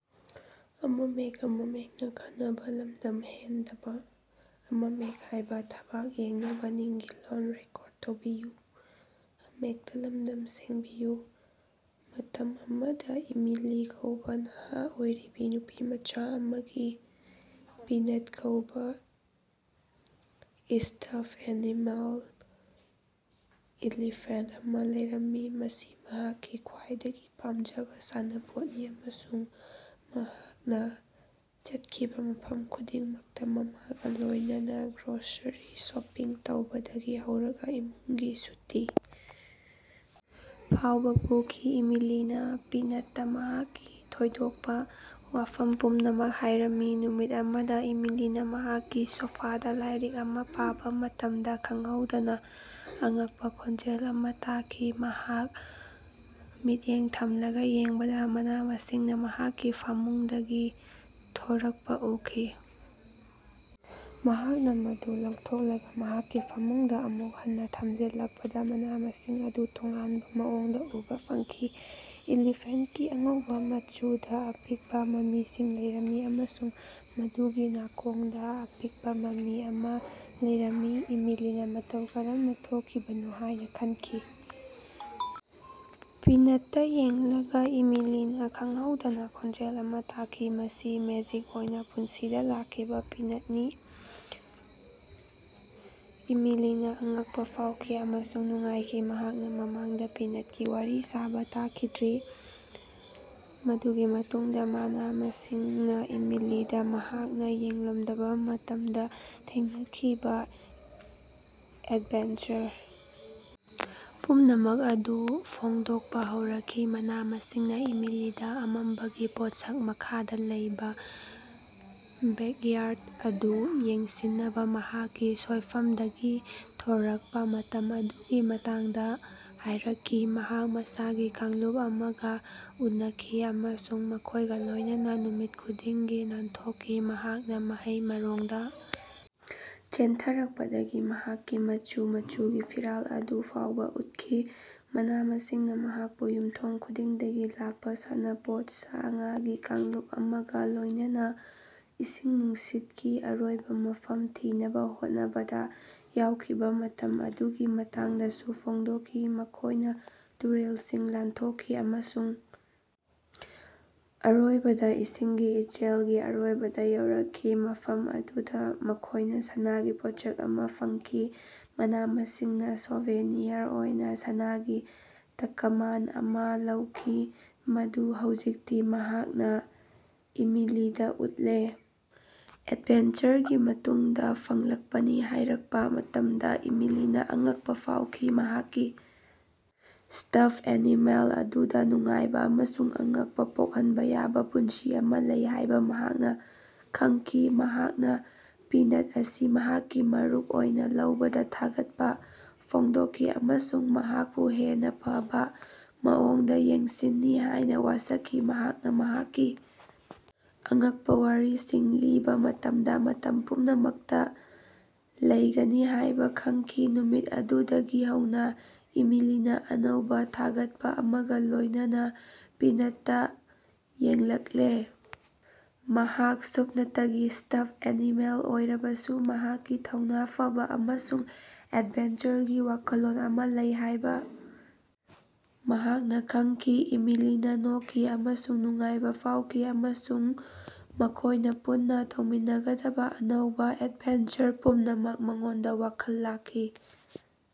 ꯃꯇꯝ ꯑꯃꯗ ꯏꯃꯤꯂꯤ ꯀꯧꯕꯥ ꯅꯍꯥ ꯑꯣꯏꯔꯤꯕꯤ ꯅꯨꯄꯤꯃꯆꯥ ꯑꯃꯒꯤ ꯄꯤꯅꯠ ꯀꯧꯕ ꯏꯁꯇꯐ ꯑꯦꯅꯤꯃꯦꯜ ꯏꯂꯤꯐꯦꯟꯇ ꯑꯃ ꯂꯩꯔꯝꯃꯤ꯫ ꯃꯁꯤ ꯃꯍꯥꯛꯀꯤ ꯈ꯭ꯋꯥꯏꯗꯒꯤ ꯄꯥꯝꯖꯕ ꯁꯥꯟꯅꯄꯣꯠꯅꯤ ꯑꯃꯁꯨꯡ ꯃꯍꯥꯛꯅ ꯆꯠꯈꯤꯕꯥ ꯃꯐꯝ ꯈꯨꯗꯤꯡꯃꯛꯇ ,ꯃꯃꯥꯒ ꯂꯣꯏꯅꯅ ꯒ꯭ꯔꯣꯁꯔꯤ ꯁꯣꯄꯤꯡ ꯇꯧꯕꯗꯒꯤ ꯍꯧꯔꯒꯥ ꯏꯃꯨꯡꯒꯤ ꯁꯨꯇꯤ ꯐꯥꯎꯕ ꯄꯨꯈꯤ꯫ ꯏꯃꯤꯂꯤꯅꯥ ꯄꯤꯅꯠꯇ ꯃꯍꯥꯛꯀꯤ ꯊꯣꯏꯗꯣꯛꯄ ꯋꯥꯐꯝ ꯄꯨꯝꯅꯃꯛ ꯍꯥꯏꯔꯝꯃꯤ ꯫ ꯅꯨꯃꯤꯠ ꯑꯃꯗꯥ ꯏꯃꯤꯂꯤꯅ ꯃꯍꯥꯛꯀꯤ ꯁꯣꯐꯥꯗ ꯂꯥꯏꯔꯤꯛ ꯑꯃ ꯄꯥꯕ ꯃꯇꯝꯗ ꯈꯪꯍꯧꯗꯅ ꯑꯉꯛꯄ ꯈꯣꯟꯖꯦꯜ ꯑꯃ ꯇꯥꯈꯤ꯫ ꯃꯍꯥꯛ ꯃꯤꯠꯌꯦꯡ ꯊꯝꯂꯒ ꯌꯦꯡꯕꯗꯥ ꯃꯅꯥ-ꯃꯁꯤꯡꯅꯥ ꯃꯍꯥꯛꯀꯤ ꯐꯃꯨꯡꯗꯒꯤ ꯊꯣꯔꯛꯄ ꯎꯈꯤ꯫ ꯃꯍꯥꯛꯅ ꯃꯗꯨ ꯂꯧꯊꯣꯛꯂꯒ ꯃꯍꯥꯛꯀꯤ ꯐꯃꯨꯡꯗ ꯑꯃꯨꯛ ꯍꯟꯅ ꯊꯝꯖꯤꯜꯂꯛꯄꯗ ꯃꯅꯥ-ꯃꯁꯤꯡ ꯑꯗꯨ ꯇꯣꯉꯥꯟꯕ ꯃꯑꯣꯡꯗ ꯎꯕ ꯐꯪꯈꯤ꯫ ꯏꯂꯤꯐꯦꯟꯇꯀꯤ ꯑꯉꯧꯕ ꯃꯆꯨꯗ ꯑꯄꯤꯛꯄ ꯃꯃꯤꯁꯤꯡ ꯂꯩꯔꯝꯃꯤ ꯑꯃꯁꯨꯡ ꯃꯗꯨꯒꯤ ꯅꯥꯀꯣꯡꯗ ꯑꯄꯤꯛꯄ ꯃꯃꯤ ꯑꯃ ꯂꯩꯔꯝꯃꯤ꯫ ꯏꯃꯤꯂꯤꯅ ꯃꯇꯧ ꯀꯔꯝꯅ ꯊꯣꯛꯈꯤꯕꯅꯣ ꯍꯥꯏꯅ ꯈꯟꯈꯤ꯫ ꯄꯤꯅꯠꯇ ꯌꯦꯡꯂꯒ ꯏꯃꯤꯂꯤꯅ ꯈꯪꯍꯧꯗꯅ ꯈꯣꯟꯖꯦꯜ ꯑꯃ ꯇꯥꯈꯤ꯫ ꯃꯁꯤ ꯃꯦꯖꯤꯛ ꯑꯣꯏꯅ ꯄꯨꯟꯁꯤꯗ ꯂꯥꯛꯈꯤꯕ ꯄꯤꯅꯠꯅꯤ꯫ ꯏꯃꯤꯂꯤꯅꯥ ꯑꯉꯛꯄ ꯐꯥꯎꯈꯤ ꯑꯃꯁꯨꯡ ꯅꯨꯡꯉꯥꯏꯈꯤ; ꯃꯍꯥꯛꯅ ꯃꯃꯥꯡꯗ ꯄꯤꯅꯠꯀꯤ ꯋꯥꯔꯤ ꯁꯥꯕꯥ ꯇꯥꯈꯤꯗ꯭ꯔꯤ꯫ ꯃꯗꯨꯒꯤ ꯃꯇꯨꯡꯗ ꯃꯅꯥ-ꯃꯁꯤꯡꯅ ꯏꯃꯤꯂꯤꯗ ꯃꯍꯥꯛꯅ ꯌꯦꯡꯂꯝꯗꯕ ꯃꯇꯝꯗ ꯊꯦꯡꯅꯈꯤꯕ ꯑꯦꯗꯚꯦꯟꯆꯔ ꯄꯨꯝꯅꯃꯛ ꯑꯗꯨ ꯐꯣꯡꯗꯣꯛꯄ ꯍꯧꯔꯛꯈꯤ꯫ꯃꯅꯥ-ꯃꯁꯤꯡꯅ ꯏꯃꯤꯂꯤꯗꯥ ꯑꯃꯝꯕꯒꯤ ꯄꯣꯠꯁꯛ ꯃꯈꯥꯗ ꯂꯩꯕ ꯕꯦꯛꯌꯥꯔꯗ ꯑꯗꯨ ꯌꯦꯡꯁꯤꯟꯅꯕ ꯃꯍꯥꯛꯀꯤ ꯁꯣꯏꯐꯝꯗꯒꯤ ꯊꯣꯔꯛꯄꯥ ꯃꯇꯝ ꯑꯗꯨꯒꯤ ꯃꯇꯥꯡꯗꯥ ꯍꯥꯏꯔꯛꯈꯤ꯫ ꯃꯍꯥꯛ ꯃꯩꯁꯥꯒꯤ ꯀꯥꯡꯂꯨꯞ ꯑꯃꯒꯥ ꯎꯅꯈꯤ ꯑꯃꯁꯨꯡ ꯃꯈꯣꯏꯒ ꯂꯣꯏꯅꯅ ꯅꯨꯃꯤꯠ ꯈꯨꯗꯤꯡꯒꯤ ꯅꯥꯟꯊꯣꯛꯈꯤ꯫ ꯃꯍꯥꯛꯅꯥ ꯃꯍꯩ ꯃꯔꯣꯡꯗ ꯆꯦꯟꯊꯔꯛꯄꯗꯒꯤ ꯃꯍꯥꯛꯀꯤ ꯃꯆꯨ - ꯃꯆꯨꯒꯤ ꯐꯤꯔꯥꯜ ꯑꯗꯨ ꯐꯥꯎꯕꯥ ꯎꯠꯈꯤ꯫ ꯃꯅꯥ-ꯃꯁꯤꯡꯅ ꯃꯍꯥꯛꯄꯨ ꯌꯨꯝꯊꯣꯡ ꯈꯨꯗꯤꯡꯗꯒꯤ ꯂꯥꯛꯄꯥ ꯁꯥꯟꯅꯄꯣꯠ ꯁꯥ-ꯉꯥꯒꯤ ꯀꯥꯡꯂꯨꯞ ꯑꯃꯒꯥ ꯂꯣꯏꯅꯅ ꯏꯁꯤꯡ ꯅꯨꯡꯁꯤꯠꯀꯤ ꯑꯔꯣꯏꯕ ꯃꯐꯝ ꯊꯤꯅꯕ ꯍꯣꯠꯅꯕꯗ ꯌꯥꯎꯈꯤꯕ ꯃꯇꯝ ꯑꯗꯨꯒꯤ ꯃꯇꯥꯡꯗꯁꯨ ꯐꯣꯡꯗꯣꯛꯈꯤ꯫ꯃꯈꯣꯏꯅꯥ ꯇꯨꯔꯦꯜꯁꯤꯡ ꯂꯥꯟꯊꯣꯛꯈꯤ, ꯑꯃꯁꯨꯡ ꯑꯔꯣꯏꯕꯗ ꯏꯁꯤꯡꯒꯤ ꯏꯆꯦꯜꯒꯤ ꯑꯔꯣꯏꯕꯗꯥ ꯌꯧꯔꯛꯈꯤ, ꯃꯐꯝ ꯑꯗꯨꯗꯥ ꯃꯈꯣꯏꯅ ꯁꯅꯥꯒꯤ ꯄꯣꯠꯁꯛ ꯑꯃ ꯐꯪꯈꯤ꯫ ꯃꯅꯥ-ꯃꯁꯤꯡꯅ ꯁꯣꯚꯦꯅꯤꯌꯔ ꯑꯣꯏꯅ ꯁꯅꯥꯒꯤ ꯇꯛꯃꯥꯟ ꯑꯃꯥ ꯂꯧꯈꯤ, ꯃꯗꯨ ꯍꯧꯖꯤꯛꯇꯤ ꯃꯍꯥꯛꯅ ꯏꯃꯤꯂꯤꯗ ꯎꯠꯂꯦ꯫ ꯑꯦꯗꯚꯦꯟꯆꯔꯒꯤ ꯃꯇꯨꯡꯗꯥ ꯐꯪꯂꯛꯄꯅꯤ ꯍꯥꯏꯔꯛꯄ ꯃꯇꯝꯗ ꯏꯃꯤꯂꯤꯅ ꯑꯉꯛꯄ ꯐꯥꯎꯈꯤ꯫ ꯃꯍꯥꯛꯀꯤ ꯁ꯭ꯇꯐ ꯑꯦꯅꯤꯃꯦꯜ ꯑꯗꯨꯗ ꯅꯨꯡꯉꯥꯏꯕ ꯑꯃꯁꯨꯡ ꯑꯉꯛꯄꯥ ꯄꯣꯛꯍꯟꯕ ꯌꯥꯕ ꯄꯨꯟꯁꯤ ꯑꯃ ꯂꯩ ꯍꯥꯏꯕ ꯃꯍꯥꯛꯅ ꯈꯪꯈꯤ꯫ ꯃꯍꯥꯛꯅ ꯄꯤꯅꯠ ꯑꯁꯤ ꯃꯍꯥꯛꯀꯤ ꯃꯔꯨꯞ ꯑꯣꯏꯅ ꯂꯧꯕꯗ ꯊꯥꯒꯠꯄ ꯐꯣꯡꯗꯣꯛꯈꯤ ꯑꯃꯁꯨꯡ ꯃꯍꯥꯛꯄꯨ ꯍꯦꯟꯅꯥ ꯐꯕꯥ ꯃꯑꯣꯡꯗꯥ ꯌꯦꯡꯁꯤꯟꯅꯤ ꯍꯥꯏꯅ ꯋꯥꯁꯛꯈꯤ, ꯃꯍꯥꯛꯅ ꯃꯍꯥꯛꯀꯤ ꯑꯉꯛꯄꯥ ꯋꯥꯔꯤꯁꯤꯡ ꯂꯤꯕꯥ ꯃꯇꯝꯗ ꯃꯇꯝ ꯄꯨꯝꯅꯃꯛꯇꯥ ꯂꯩꯒꯅꯤ ꯍꯥꯏꯕ ꯈꯪꯈꯤ꯫ ꯅꯨꯃꯤꯠ ꯑꯗꯨꯗꯒꯤ ꯍꯧꯅ ꯏꯃꯤꯂꯤꯅ ꯑꯅꯧꯕ ꯊꯥꯒꯠꯄ ꯑꯃꯒ ꯂꯣꯏꯅꯅ ꯄꯤꯅꯠꯗ ꯌꯦꯡꯂꯛꯂꯦ꯫ ꯃꯍꯥꯛ ꯁꯨꯞꯅꯇꯒꯤ ꯁ꯭ꯇꯐ ꯑꯦꯅꯤꯃꯦꯜ ꯑꯣꯏꯔꯕꯁꯨ ꯃꯍꯥꯛꯀꯤ ꯊꯧꯅꯥ ꯐꯕ ꯑꯃꯁꯨꯡ ꯑꯦꯗꯚꯦꯟꯆꯔꯒꯤ ꯋꯥꯈꯜꯂꯣꯟ ꯑꯃ ꯂꯩ ꯍꯥꯏꯕ ꯃꯍꯥꯛꯅ ꯈꯪꯈꯤ꯫ ꯏꯃꯤꯂꯤꯅ ꯅꯣꯛꯈꯤ ꯑꯃꯁꯨꯡ ꯅꯨꯡꯉꯥꯏꯕ ꯐꯥꯎꯈꯤ ꯑꯃꯁꯨꯡ ꯃꯈꯣꯏꯅ ꯄꯨꯟꯅ ꯇꯧꯃꯤꯟꯅꯒꯗꯕ ꯑꯅꯧꯕ ꯑꯦꯗꯚꯦꯟꯆꯔ ꯄꯨꯝꯅꯃꯛ ꯃꯉꯣꯟꯗ ꯋꯥꯈꯜ ꯂꯥꯛꯈꯤ꯫